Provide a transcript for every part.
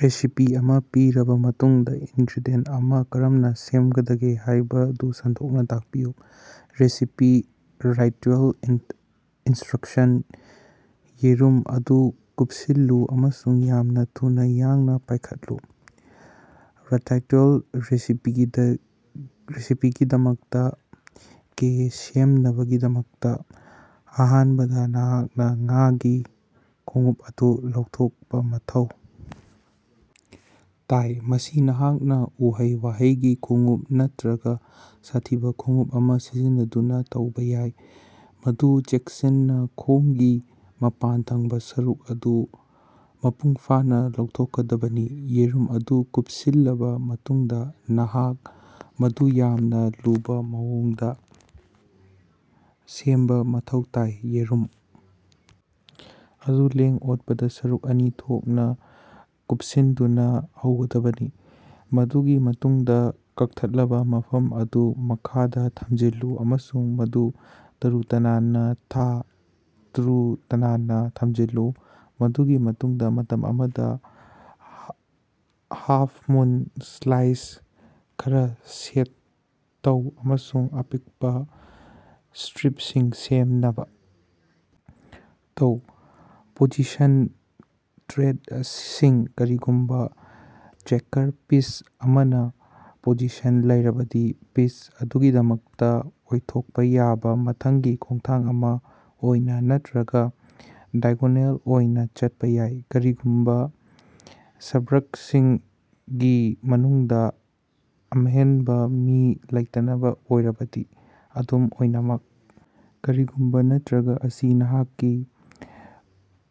Recipe ꯑꯃ ꯄꯤꯔꯕ ꯃꯇꯨꯡꯗ, ꯏꯉ꯭ꯔꯦꯗꯤꯌꯦꯟꯠ ꯑꯃ ꯀꯔꯝꯅ ꯁꯦꯝꯒꯗꯒꯦ ꯍꯥꯏꯕꯗꯨ ꯁꯟꯗꯣꯛꯅ ꯇꯥꯛꯄꯤꯌꯨ꯫ ꯔꯦꯁꯤꯄꯤ ꯔꯥꯇꯥꯇꯣꯏꯜ ꯏꯟꯁꯇ꯭ꯔꯛꯁꯟ ꯌꯦꯔꯨꯝ ꯑꯗꯨ ꯀꯨꯄꯁꯤꯜꯂꯨ ꯑꯃꯁꯨꯡ ꯌꯥꯝꯅ ꯊꯨꯅꯥ ꯌꯥꯡꯅ ꯄꯥꯏꯈꯠꯂꯨ꯫ ꯔꯥꯇꯥꯇꯣꯏꯜ ꯔꯦꯁꯤꯄꯤꯒꯤꯗꯃꯛꯇ ꯀꯦ ꯁꯦꯝꯅꯕꯒꯤꯗꯃꯛ, ꯑꯍꯥꯟꯕꯗ ꯅꯍꯥꯛꯅ ꯉꯥꯒꯤ ꯈꯣꯡꯎꯞ ꯑꯗꯨ ꯂꯧꯊꯣꯛꯄ ꯃꯊꯧ ꯇꯥꯏ꯫ ꯃꯁꯤ ꯅꯍꯥꯛꯅ ꯎꯍꯩ-ꯋꯥꯍꯩꯒꯤ ꯈꯣꯡꯎꯞ ꯅꯠꯇꯔꯒꯥ ꯁꯥꯊꯤꯕ ꯈꯣꯡꯎꯞ ꯑꯃ ꯁꯤꯖꯤꯟꯅꯗꯨꯅ ꯇꯧꯕ ꯌꯥꯏ, ꯃꯗꯨ ꯆꯦꯛꯁꯤꯟꯅ ꯈꯣꯡꯒꯤ ꯃꯄꯥꯟꯊꯪꯕꯥ ꯁꯔꯨꯛ ꯑꯗꯨ ꯃꯄꯨꯡꯐꯥꯅ ꯂꯧꯊꯣꯛꯀꯗꯕꯅꯤ꯫ ꯌꯦꯔꯨꯝ ꯑꯗꯨ ꯀꯨꯄꯁꯤꯜꯂꯕ ꯃꯇꯨꯡꯗ, ꯅꯍꯥꯛ ꯃꯗꯨ ꯌꯥꯝꯅ ꯂꯨꯕ ꯃꯑꯣꯡꯗ ꯁꯦꯝꯕ ꯃꯊꯧ ꯇꯥꯏ꯫ ꯌꯦꯔꯨꯝ ꯑꯗꯨ ꯂꯦꯡ-ꯑꯣꯠꯄꯗꯥ ꯁꯔꯨꯛ ꯑꯅꯤ ꯊꯣꯛꯅ ꯀꯥꯄꯁꯤꯟꯗꯨꯅ ꯍꯧꯒꯗꯕꯅꯤ, ꯃꯗꯨꯒꯤ ꯃꯇꯨꯡꯗ ꯀꯛꯊꯠꯂꯕ ꯃꯐꯝ ꯑꯗꯨ ꯃꯈꯥꯗ ꯊꯝꯖꯤꯜꯂꯨ ꯑꯃꯁꯨꯡ ꯃꯗꯨ ꯇꯥꯔꯨ-ꯇꯅꯥꯟꯅꯥ ꯊꯥ ꯇꯔꯨ-ꯇꯅꯥꯟꯅꯥ ꯊꯝꯖꯤꯜꯂꯨ꯫ ꯃꯗꯨꯒꯤ ꯃꯇꯨꯡꯗ, ꯃꯇꯝ ꯑꯃꯗ ꯍꯥꯐ-ꯃꯨꯟ ꯁ꯭ꯂꯥꯏꯁ ꯈꯔ ꯁꯦꯛ ꯇꯧ ꯑꯃꯁꯨꯡ ꯑꯄꯤꯛꯄ ꯁ꯭ꯇꯔꯤꯄꯁꯤꯡ ꯁꯦꯝꯅꯕ ꯇꯧ꯫ ꯄꯣꯖꯤꯁꯟ ꯇꯔꯦꯠ ꯑꯁꯤꯡ ꯀꯔꯤꯒꯨꯝꯕ ꯆꯦꯀꯔ ꯄꯤꯁ ꯑꯃꯅ ꯄꯣꯖꯤꯁꯟ ꯂꯩꯔꯕꯗꯤ, ꯄꯤꯁ ꯑꯗꯨꯒꯤꯗꯃꯛꯇ ꯑꯣꯏꯊꯣꯛꯄ ꯌꯥꯕꯥ ꯃꯊꯪꯒꯤ ꯈꯣꯡꯊꯥꯡ ꯑꯃ ꯑꯣꯏꯅꯥ ꯅꯠꯇꯔꯒ ꯗꯥꯏꯒꯣꯅꯦꯜ ꯑꯣꯏꯅ ꯆꯠꯄ ꯌꯥꯏ, ꯀꯔꯤꯒꯨꯝꯕ ꯁ꯭ꯛꯕꯥꯔꯛꯁꯤꯡ ꯒꯤ ꯃꯅꯨꯡꯗ ꯑꯝꯍꯦꯟꯕ ꯃꯤ ꯂꯩꯇꯕꯥ ꯑꯣꯏꯔꯕꯗꯤ꯫ ꯑꯗꯨꯝ ꯑꯣꯏꯅꯃꯛ, ꯀꯔꯤꯒꯨꯝꯕꯥ ꯅꯠꯇꯔꯒ ꯑꯁꯤ ꯅꯍꯥꯛꯀꯤ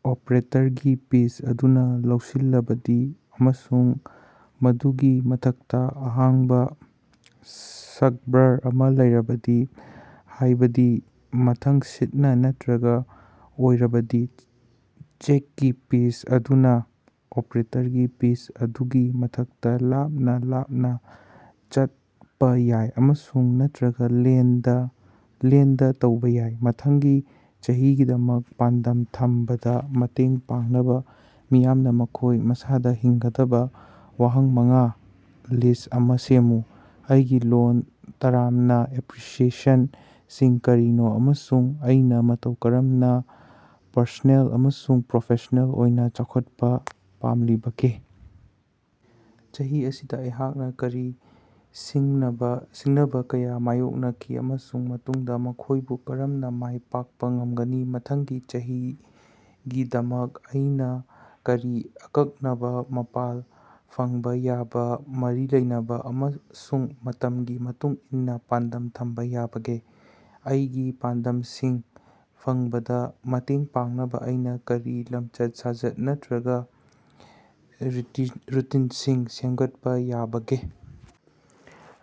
ꯑꯣꯄ꯭ꯔꯦꯇꯔꯒꯤ ꯄꯤꯁ ꯑꯗꯨꯅꯥ ꯂꯧꯁꯤꯜꯂꯕꯗꯤ, ꯑꯃꯁꯨꯡ ꯃꯗꯨꯒꯤ ꯃꯊꯛꯇꯥ ꯑꯍꯥꯡꯕ ꯁ꯭ꯛꯕꯥꯔ ꯑꯃ ꯂꯩꯔꯕꯗꯤ, ꯍꯥꯏꯕꯗꯤ ꯃꯊꯪꯁꯤꯠꯅ ꯅꯠꯇꯔꯒ ꯑꯣꯏꯔꯕꯗꯤ, ꯆꯦꯛꯀꯤ ꯄꯤꯁ ꯑꯗꯨꯅ ꯑꯣꯄ꯭ꯔꯦꯇꯔꯒꯤ ꯄꯤꯁ ꯑꯗꯨꯒꯤ ꯃꯊꯛꯇ ꯂꯥꯞꯅ ꯂꯥꯞꯅ ꯆꯠꯄ ꯌꯥꯏ, ꯑꯃꯁꯨꯡ ꯅꯠꯇꯔꯒ ꯂꯦꯟꯗ ꯇꯧꯕ ꯌꯥꯏ꯫ ꯃꯊꯪꯒꯤ ꯆꯍꯤꯒꯤꯗꯃꯛ ꯄꯥꯟꯗꯝ ꯊꯝꯕꯗꯥ ꯃꯇꯦꯡ ꯄꯥꯡꯅꯕ ꯃꯤꯌꯥꯝꯅ ꯃꯈꯣꯏ ꯃꯁꯥꯗ ꯍꯪꯒꯗꯕ ꯋꯥꯍꯪ ꯃꯉꯥ ꯂꯤꯁ꯭ꯠ ꯑꯃ ꯁꯦꯝꯃꯨ꯫ ꯑꯩꯒꯤ ꯂꯣꯡ ꯇꯥꯔ꯭ꯝ ꯑꯦꯁ꯭ꯄꯤꯔꯦꯁꯟ ꯁꯤꯡ ꯀꯔꯤꯅꯣ ꯑꯃꯁꯨꯡ ꯑꯩꯅ ꯃꯇꯧ ꯀꯔꯝꯅ ꯄ꯭ꯔꯁꯣꯅꯦꯜ ꯑꯃꯁꯨꯡ ꯄ꯭꯭ꯔꯣꯐꯦꯁ꯭ꯅꯦꯜ ꯑꯣꯏꯅ ꯆꯥꯎꯈꯠꯄ ꯄꯥꯝꯂꯤꯕꯒꯦ? ꯆꯍꯤ ꯑꯁꯤꯗ ꯑꯩꯍꯥꯛꯅ ꯀꯔꯤ ꯁꯤꯡꯅꯕ ꯁꯤꯡꯅꯕ ꯀꯌꯥ ꯃꯥꯌꯣꯛꯅꯈꯤ ꯑꯃꯁꯨꯡ ꯃꯇꯨꯡꯗ ꯃꯈꯣꯏꯕꯨ ꯀꯔꯝꯅ ꯃꯥꯏ ꯄꯥꯛꯄ ꯉꯝꯒꯅꯤ? ꯃꯊꯪꯒꯤ ꯆꯍꯤꯒꯤꯗꯃꯛ ꯑꯩꯅ ꯀꯔꯤ ꯑꯀꯛꯅꯕ, ꯃꯥꯄꯥꯜ, ꯐꯪꯕꯥ ꯌꯥꯕꯥ, ꯃꯔꯤ ꯂꯩꯅꯕ ꯑꯃꯁꯨꯡ ꯃꯇꯝꯒꯤ ꯃꯇꯨꯡ ꯏꯟꯅ ꯄꯥꯟꯗꯝ ꯊꯝꯕ ꯌꯥꯕꯒꯦ? ꯑꯩꯒꯤ ꯄꯥꯟꯗꯝꯁꯤꯡ ꯐꯪꯕꯗ ꯃꯇꯦꯡ ꯄꯥꯡꯅꯕ ꯑꯩꯅ ꯀꯔꯤ ꯂꯝꯆꯠ-ꯁꯥꯖꯠ ꯅꯠꯇꯔꯒ ꯔꯨꯇꯤꯟꯁꯤꯡ ꯁꯦꯝꯒꯠꯄꯥ ꯌꯥꯕꯒꯦ?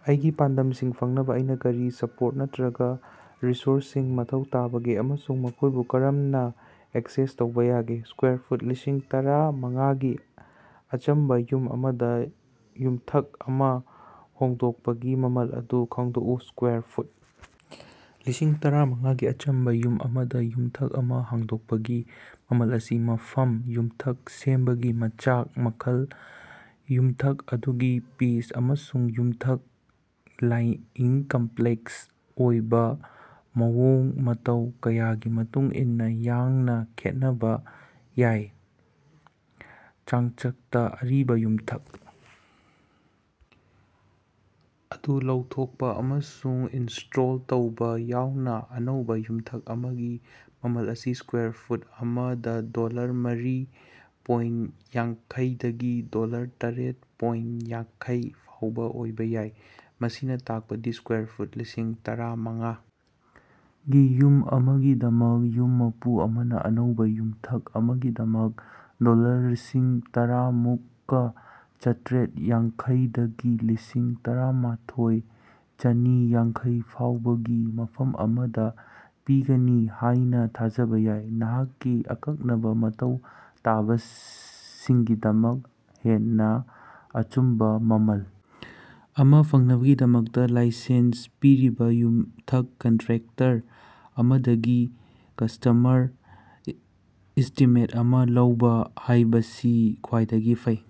ꯑꯩꯒꯤ ꯄꯥꯟꯗꯝꯁꯤꯡ ꯐꯪꯅꯕ ꯑꯩꯅ ꯀꯔꯤ ꯁ꯭ꯄꯣꯔꯠ ꯅꯠꯇꯔꯒ ꯔꯤꯁꯣꯔꯁ ꯁꯤꯡ ꯃꯊꯧ ꯇꯥꯕꯒꯦ ꯑꯃꯁꯨꯡ ꯃꯈꯣꯏꯕꯨ ꯀꯔꯝꯅ ꯑꯦꯛꯁꯦꯁ ꯇꯧꯕ ꯌꯥꯕꯒꯦ? ꯁ꯭ꯋꯥꯔ ꯐꯨꯠ ꯂꯤꯁꯤꯡ ꯇꯥꯔꯥ ꯃꯉꯥꯒꯤ ꯑꯆꯝꯕꯥ ꯌꯨꯝ ꯑꯃꯗ ꯌꯨꯝꯊꯛ ꯑꯃ ꯍꯣꯡꯗꯣꯛꯄꯒꯤ ꯃꯃꯜ ꯑꯗꯨ ꯈꯪꯗꯣꯛꯎ꯫ ꯁ꯭ꯋꯥꯔ ꯐꯨꯠ ꯂꯤꯁꯤꯡ ꯇꯥꯔꯥ ꯃꯉꯥꯒꯤ ꯑꯆꯝꯕ ꯌꯨꯝ ꯑꯃꯗ ꯌꯨꯝꯊꯛ ꯑꯃ ꯍꯣꯡꯗꯣꯛꯄꯒꯤ ꯃꯃꯜ ꯑꯁꯤ ꯃꯐꯝ, ꯌꯨꯝꯊꯛ ꯁꯦꯝꯕꯒꯤ ꯃꯆꯥꯛ ꯃꯈꯜ, ꯌꯨꯝꯊꯛ ꯑꯗꯨꯒꯤ ꯄꯤꯆ, ꯑꯃꯁꯨꯡ ꯌꯨꯝꯊꯛ ꯂꯥꯏꯉꯤ ꯀꯝꯄ꯭ꯂꯦꯛꯁ ꯑꯣꯏꯕꯥ ꯃꯑꯣꯡ-ꯃꯇꯧ ꯀꯌꯥꯒꯤ ꯃꯇꯨꯡꯏꯟꯅꯥ ꯌꯥꯡꯅ ꯈꯦꯠꯅꯕ ꯌꯥꯏ꯫ ꯆꯥꯡꯆꯠꯇ, ꯑꯔꯤꯕ ꯌꯨꯝꯊꯛ ꯑꯗꯨ ꯂꯧꯊꯣꯛꯄ ꯑꯃꯁꯨꯡ ꯏꯟꯁꯇꯣꯜ ꯇꯧꯕ ꯌꯥꯎꯅ ꯑꯅꯧꯕ ꯌꯨꯝꯊꯛ ꯑꯃꯒꯤ ꯃꯃꯜ ꯑꯁꯤ ꯁ꯭ꯋꯥꯔ ꯐꯨꯠ ꯑꯃꯗ ꯗꯣꯂꯔ ꯃꯔꯤ ꯄꯣꯏꯟ ꯌꯥꯡꯈꯩ ꯗꯒꯤ ꯗꯣꯂꯔ ꯇꯔꯦꯠ ꯄꯣꯏꯟ ꯌꯥꯡꯈꯩ ꯐꯥꯎꯕ ꯑꯣꯏꯕ ꯌꯥꯏ꯫ ꯃꯁꯤꯅ ꯇꯥꯛꯄꯗꯤ ꯁ꯭ꯋꯥꯔ ꯐꯨꯠ ꯂꯤꯁꯤꯡ ꯇꯥꯔꯥ ꯃꯉꯥ ꯒꯤ ꯌꯨꯝ ꯑꯃꯒꯤꯗꯃꯛ, ꯌꯨꯝ ꯃꯄꯨ ꯑꯃꯅ ꯑꯅꯧꯕꯥ ꯌꯨꯝꯊꯛ ꯑꯃꯒꯤꯗꯃꯛ ꯗꯣꯂꯔ ꯂꯤꯁꯤꯡ ꯇꯔꯨꯛꯃꯨꯛꯀꯥ ꯆꯥꯇ꯭꯭ꯔꯦꯠ ꯌꯥꯡꯈꯩꯗꯒꯤ ꯂꯤꯁꯤꯡ ꯇꯥꯔꯥ ꯃꯥꯊꯣꯏ ꯆꯥꯅꯤ ꯌꯥꯡꯈꯩ ꯐꯥꯎꯕꯒꯤ ꯃꯐꯝ ꯑꯃꯗ ꯄꯤꯒꯅꯤ ꯍꯥꯏꯅ ꯊꯥꯖꯕꯥ ꯌꯥꯏ꯫ ꯅꯍꯥꯛꯀꯤ ꯑꯀꯛꯅꯕꯥ ꯃꯊꯧ ꯇꯥꯕꯁꯤꯡꯒꯤꯗꯃꯛ ꯍꯦꯟꯅꯥ ꯑꯆꯨꯝꯕꯥ ꯃꯃꯜ ꯑꯃꯥ ꯐꯪꯅꯕꯒꯤꯗꯃꯛ ꯂꯥꯏꯁꯦꯟꯁ ꯄꯤꯔꯕꯥ ꯌꯨꯝꯊꯛ ꯀꯟꯇ꯭ꯔꯦꯛꯇꯔ ꯑꯃꯗꯒꯤ ꯀꯁ꯭ꯇꯃꯔ ꯑꯦꯁ꯭ꯇꯤꯃꯦꯠ ꯑꯃ ꯂꯧꯕ ꯍꯥꯏꯕꯁꯤ ꯈ꯭ꯋꯥꯏꯗꯒꯤ ꯐꯩ꯫